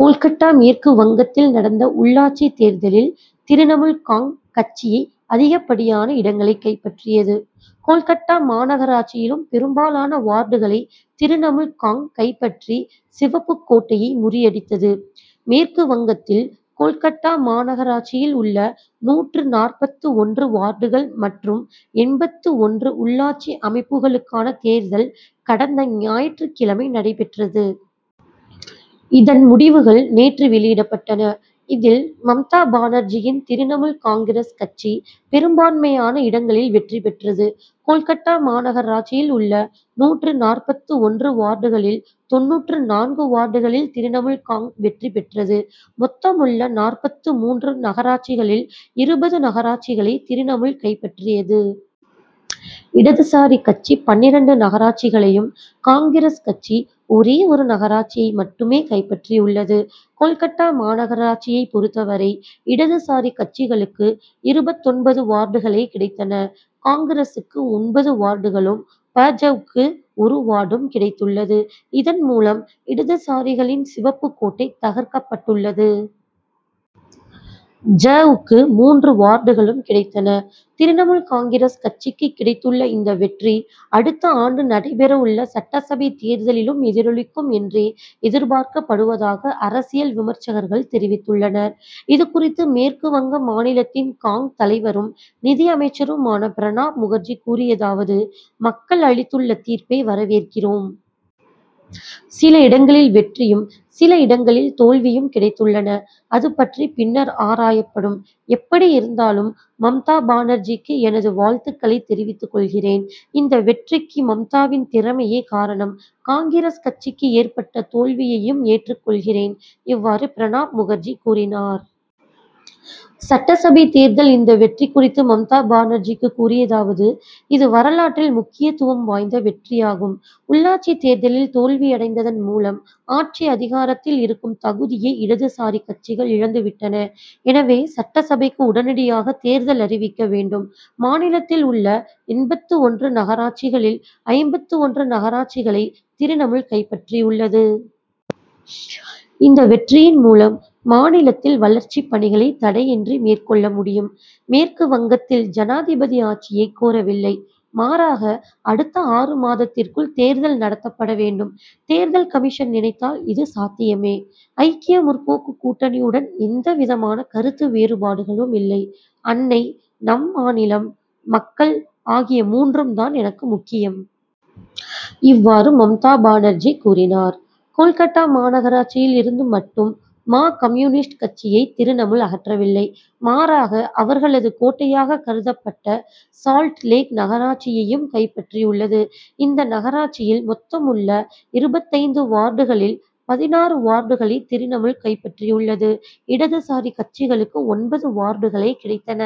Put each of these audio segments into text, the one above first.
கோல்கட்டா மேற்குவங்கத்தில் நடந்த உள்ளாட்சித் தேர்தலில் திரிணமுல் காங்., கட்சி அதிகப்படியான இடங்களை கைப்பற்றியது. கோல்கட்டா மாநகராட்சியிலும் பெரும்பாலான வார்டுகளை திரிணமுல் காங்., கைப்பற்றி, சிவப்புக் கோட்டை'யை முறியடித்தது. மேற்குவங்கத்தில் கோல்கட்டா மாநகராட்சியில் உள்ள நூற்று நாற்பத்து ஒன்று வார்டுகள் மற்றும் எண்பத்து ஒன்று உள்ளாட்சி அமைப்புகளுக்கான தேர்தல் கடந்த ஞாயிற்றுக் கிழமை நடைபெற்றது. இதன் முடிவுகள் நேற்று வெளியிடப்பட்டன. இதில், மம்தா பானர்ஜியின் திரிணமுல் காங்கிரஸ் கட்சி, பெரும்பான்மையான இடங்களில் வெற்றி பெற்றது. கோல்கட்டா மாநகராட்சியில் உள்ள நூற்று நாற்பத்து ஒன்று வார்டுகளில் தொண்ணூற்று நான்கு வார்டுகளில் திரிணமுல் காங்., வெற்றி பெற்றது. மொத்தமுள்ள நாற்பத்து மூன்று நகராட்சிகளில் இருபது நகராட்சிகளை திரிணமுல் கைப்பற்றியது. இடதுசாரி கட்சி பன்னிரண்டு நகராட்சிகளையும், காங்கிரஸ் கட்சி ஒரே ஒரு நகராட்சியை மட்டுமே கைப்பற்றியுள்ளது. கோல்கட்டா மாநகராட்சியைப் பொறுத்தவரை, இடதுசாரி கட்சிகளுக்கு இருபத்தொன்பது வார்டுகளே கிடைத்தன. காங்கிரசுக்கு ஒன்பது வார்டுகளும், பா. ஜ.,வுக்கு ஒரு வார்டும் கிடைத்துள்ளது. இதன் மூலம், இடதுசாரிகளின் சிவப்புக் கோட்டை தகர்க்கப்பட்டுள்ளது. ஜ.,வுக்கு மூன்று வார்டுகளும் கிடைத்தன. திரிணமுல் காங்கிரஸ் கட்சிக்கு கிடைத்துள்ள இந்த வெற்றி, அடுத்த ஆண்டு நடைபெறவுள்ள சட்டசபை தேர்தலிலும் எதிரொலிக்கும் என்றே எதிர்பார்க்கப்படுவதாக அரசியல் விமர்ச்சகர்கள் தெரிவித்துள்ளனர். இது குறித்து மேற்கு வங்க மாநிலத்தின் காங்., தலைவரும், நிதியமைச்சருமான பிரணாப் முகர்ஜி கூறியதாவது மக்கள் அளித்துள்ள தீர்ப்பை வரவேற்கிறோம். சில இடங்களில் வெற்றியும், சில இடங்களில் தோல்வியும் கிடைத்துள்ளன. அது பற்றி பின்னர் ஆராயப்படும். எப்படியிருந்தாலும், மம்தா பானர்ஜிக்கு எனது வாழ்த்துக்களை தெரிவித்துக் கொள்கிறேன். இந்த வெற்றிக்கு மம்தாவின் திறமையே காரணம். காங்கிரஸ் கட்சிக்கு ஏற்பட்ட தோல்வியையும் ஏற்றுக் கொள்கிறேன். இவ்வாறு பிரணாப் முகர்ஜி கூறினார். சட்டசபை தேர்தல் இந்த வெற்றி குறித்து மம்தா பானர்ஜி கூறியதாவது இது வரலாற்றில் முக்கியத்துவம் வாய்ந்த வெற்றியாகும். உள்ளாட்சி தேர்தலில் தோல்வியடைந்ததன் மூலம், ஆட்சி அதிகாரத்தில் இருக்கும் தகுதியை இடதுசாரி கட்சிகள் இழந்துவிட்டன. எனவே, சட்டசபைக்கு உடனடியாக தேர்தல் அறிவிக்க வேண்டும். மாநிலத்தில் உள்ள எண்பத்து ஒன்று நகராட்சிகளில், ஐம்பத்து ஒன்று நகராட்சிகளை திரிணமுல் கைப்பற்றியுள்ளது. இந்த வெற்றியின் மூலம், மாநிலத்தில் வளர்ச்சிப்பணிகளை தடையின்றி மேற்கொள்ள முடியும். மேற்கு வங்கத்தில் ஜனாதிபதி ஆட்சியை கோரவில்லை, மாறாக அடுத்த ஆறு மாதத்திற்குள் தேர்தல் நடத்தப்பட வேண்டும். தேர்தல் கமிஷன் நினைத்தால் இது சாத்தியமே. ஐக்கிய முற்போக்கு கூட்டணியுடன் எந்தவிதமான கருத்து வேறுபாடுகளும் இல்லை. அன்னை, நம் மாநிலம், மக்கள் ஆகிய மூன்றும் தான் எனக்கு முக்கியம். இவ்வாறு மம்தா பானர்ஜி கூறினார். கோல்கட்டா மாநகராட்சியிலிருந்து மட்டும் மா. கம்யூனிஸ்ட் கட்சியை திரிணமுல் அகற்றவில்லை; மாறாக, அவர்களது கோட்டையாக கருதப்பட்ட சால்ட் லேக் நகராட்சியையும் கைப்பற்றியுள்ளது. இந்த நகராட்சியில், மொத்தமுள்ள இருபத்தைந்து வார்டுகளில் பதினாறு வார்டுகளை திரிணமுல் கைப்பற்றியுள்ளது. இடதுசாரி கட்சிகளுக்கு ஒன்பது வார்டுகளே கிடைத்தன.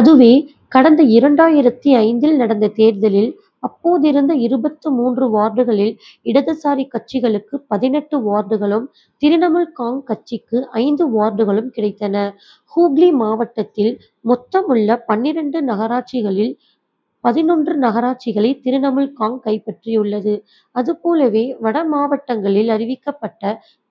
அதுவே, கடந்த இரண்டாயிரத்து ஐந்தில் நடந்த தேர்தலில், அப்போதிருந்த இருபத்து மூன்று வார்டுகளில் இடதுசாரி கட்சிகளுக்கு பதினெட்டு வார்டுகளும், திரிணமுல் காங்., கட்சிக்கு ஐந்து வார்டுகளும் கிடைத்தன. ஹூக்ளி மாவட்டத்தில், மொத்தமுள்ள பன்னிரண்டு நகராட்சிகளில் பதினொன்று நகராட்சிகளை திரிணமுல் காங்., கைப்பற்றியுள்ளது. அதுபோலவே, வட மாவட்டங்களில் அறிவிக்கப்பட்ட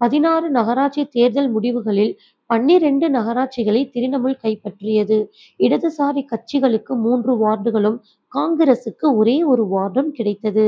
பதினாறு நகராட்சி தேர்தல் முடிவுகளில் பன்னிரண்டு நகராட்சிகளை திரிணமுல் கைப்பற்றியது. இடதுசாரி கட்சிகளுக்கு மூன்று வார்டுகளும், காங்கிரசுக்கு ஒரே ஒரு வார்டும் கிடைத்தது.